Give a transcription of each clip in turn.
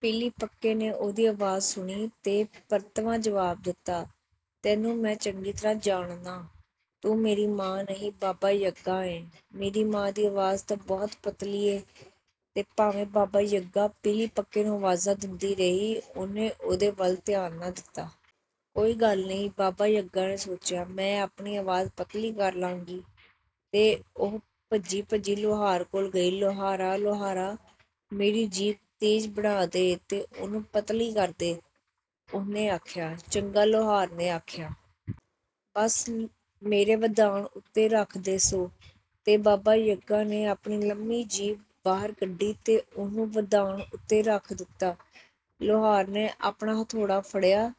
ਪਿਲੀਪਕੇ ਨੇ ਉਹਦੀ ਆਵਾਜ਼ ਸੁਣੀ ਤੇ ਪਰਤਵਾਂ ਜਵਾਬ ਦਿੱਤਾ, "ਤੈਨੂੰ ਮੈਂ ਚੰਗੀ ਤਰ੍ਹਾਂ ਜਾਣਨਾਂ। ਤੂੰ ਮੇਰੀ ਮਾਂ ਨਹੀਂ, ਬਾਬਾ-ਯਗਾ ਏਂ। ਮੇਰੀ ਮਾਂ ਦੀ ਆਵਾਜ਼ ਤਾਂ ਬਹੁਤ ਪਤਲੀ ਏ।" ਤੇ ਭਾਵੇਂ ਬਾਬਾ-ਯਗਾ ਪਿਲੀਪਕੇ ਨੂੰ ਆਵਾਜ਼ਾਂ ਦਿੰਦੀ ਰਹੀ, ਉਹਨੇ ਉਹਦੇ ਵੱਲ ਧਿਆਨ ਨਾ ਦਿੱਤਾ। "ਕੋਈ ਗੱਲ ਨਹੀਂ," ਬਾਬਾ-ਯਗਾ ਨੇ ਸੋਚਿਆ, "ਮੈਂ ਆਪਣੀ ਆਵਾਜ਼ ਪਤਲੀ ਕਰ ਲਾਂਗੀ।" ਤੇ ਉਹ ਭੱਜੀ-ਭੱਜੀ ਲੁਹਾਰ ਕੋਲ ਗਈ। "ਲੁਹਾਰਾ, ਲੁਹਾਰਾ, ਮੇਰੀ ਜੀਭ ਤੇਜ਼ ਬਣਾ ਦੇ ਤੇ ਉਹਨੂੰ ਪਤਲੀ ਕਰ ਦੇ," ਉਹਨੇ ਆਖਿਆ। "ਚੰਗਾ," ਲੁਹਾਰ ਨੇ ਆਖਿਆ। "ਬਸ ਮੇਰੇ ਵਧਾਣ ਉੱਤੇ ਰੱਖ ਦੇ ਸੁ।" ਤੇ ਬਾਬਾ-ਯਗਾ ਨੇ ਆਪਣੀ ਲੰਮੀ ਜੀਭ ਬਾਹਰ ਕੱਢੀ ਤੇ ਉਹਨੂੰ ਵਧਾਣ ਉੱਤੇ ਰੱਖ ਦਿੱਤਾ। ਲੁਹਾਰ ਨੇ ਆਪਣਾ ਹਥੌੜਾ ਫੜਿਆ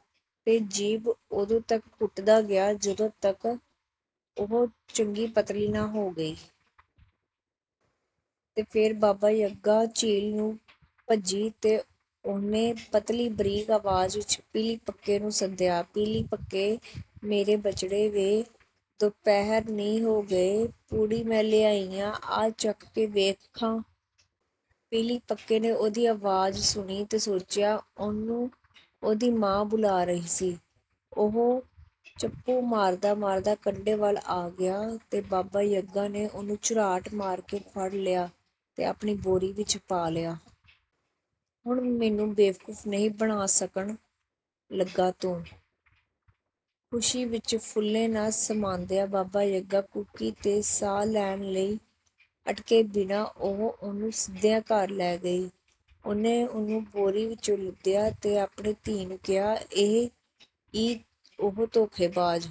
ਤੇ ਜੀਭ ਓਦੋਂ ਤਕ ਕੁੱਟਦਾ ਗਿਆ, ਜਦੋਂ ਤਕ ਉਹ ਚੰਗੀ ਪਤਲੀ ਨਾ ਹੋ ਗਈ। ਤੇ ਫੇਰ ਬਾਬਾ-ਯਗਾ ਝੀਲ ਨੂੰ ਭੱਜੀ ਤੇ ਉਹਨੇ ਪਤਲੀ, ਬਰੀਕ ਆਵਾਜ਼ ਵਿੱਚ ਪਿਲੀਪਕੇ ਨੂੰ ਸੱਦਿਆ, "ਪਿਲੀਪਕੇ, ਮੇਰੇ ਬਚੜੇ, ਵੇ, ਦੋ ਪਹਿਰ ਨੀ ਹੋ ਗਏ, ਪੂੜੀ ਮੈਂ ਲਿਆਈ ਆਂ, ਆ ਚੱਖ ਕੇ ਵੇਖ ਖਾਂ!" ਪਿਲੀਪਕੇ ਨੇ ਉਹਦੀ ਅਵਾਜ਼ ਸੁਣੀ ਤੇ ਸੋਚਿਆ, ਉਹਨੂੰ ਉਹਦੀ ਮਾਂ ਬੁਲਾ ਰਹੀ ਸੀ। ਉਹ ਚੱਪੂ ਮਾਰਦਾ-ਮਾਰਦਾ ਕੰਢੇ ਵੱਲ ਆ ਗਿਆ ਤੇ ਬਾਬਾ-ਯਗਾ ਨੇ ਉਹਨੂੰ ਝੁਰਾਟ ਮਾਰ ਕੇ ਫੜ ਲਿਆ ਤੇ ਆਪਣੀ ਬੋਰੀ ਵਿੱਚ ਪਾ ਲਿਆ। "ਹੁਣ ਮੈਨੂੰ ਬੇਵਕੂਫ਼ ਨਹੀਂ ਬਣਾ ਸਕਣ ਲੱਗਾ ਤੂੰ!" ਖੁਸ਼ੀ ਵਿੱਚ ਫੁੱਲੇ ਨਾ ਸਮਾਂਦਿਆਂ, ਬਾਬਾ-ਯਗਾ ਕੂਕੀ ਤੇ ਸਾਹ ਲੈਣ ਲਈ ਅਟਕੇ ਬਿਨਾਂ ਉਹ ਉਹਨੂੰ ਸਿੱਧਿਆਂ ਘਰ ਲੈ ਗਈ। ਉਹਨੇ ਉਹਨੂੰ ਬੋਰੀ ਵਿਚੋਂ ਲੁਦਿਆ ਤੇ ਆਪਣੀ ਧੀ ਨੂੰ ਕਿਹਾ, "ਇਹ ਈ ਉਹ ਧੋਖੇਬਾਜ਼!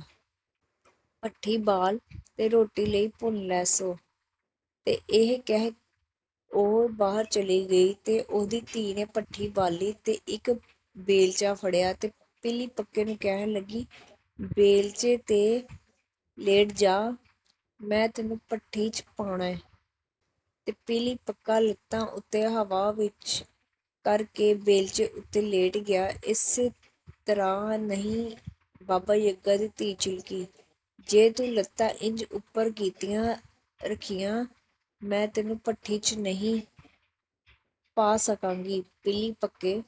ਭੱਠੀ ਬਾਲ ਤੇ ਰੋਟੀ ਲਈ ਭੁੰਨ ਲੈ ਸੁ।" ਤੇ ਇਹ ਕਹਿ ਉਹ ਬਾਹਰ ਚਲੀ ਗਈ। ਤੇ ਉਹਦੀ ਧੀ ਨੇ ਭੱਠੀ ਬਾਲੀ ਤੇ ਇਕ ਬੇਲਚਾ ਫੜਿਆ, ਤੇ ਪਿਲੀਪਕੇ ਨੂੰ ਕਹਿਣ ਲੱਗੀ, "ਬੇਲਚੇ 'ਤੇ ਲੇਟ ਜਾ, ਮੈਂ ਤੈਨੂੰ ਭੱਠੀ 'ਚ ਪਾਣੈ।" ਤੇ ਪਿਲੀਪਕਾ ਲੱਤਾਂ ਉੱਤੇ ਹਵਾ ਵਿੱਚ ਕਰ ਕੇ ਬੇਲਚੇ ਉੱਤੇ ਲੇਟ ਗਿਆ। "ਏਸ ਤਰ੍ਹਾਂ ਨਹੀਂ!" ਬਾਬਾ-ਯਗਾ ਦੀ ਧੀ ਚਿਲਕੀ। "ਜੇ ਤੂੰ ਲੱਤਾਂ ਇੰਜ ਉੱਪਰ ਕੀਤੀਆਂ ਰੱਖੀਆਂ, ਮੈਂ ਤੈਨੂੰ ਭੱਠੀ 'ਚ ਨਹੀਂ ਪਾ ਸਕਾਂਗੀ।" ਪਿਲੀਪਕੇ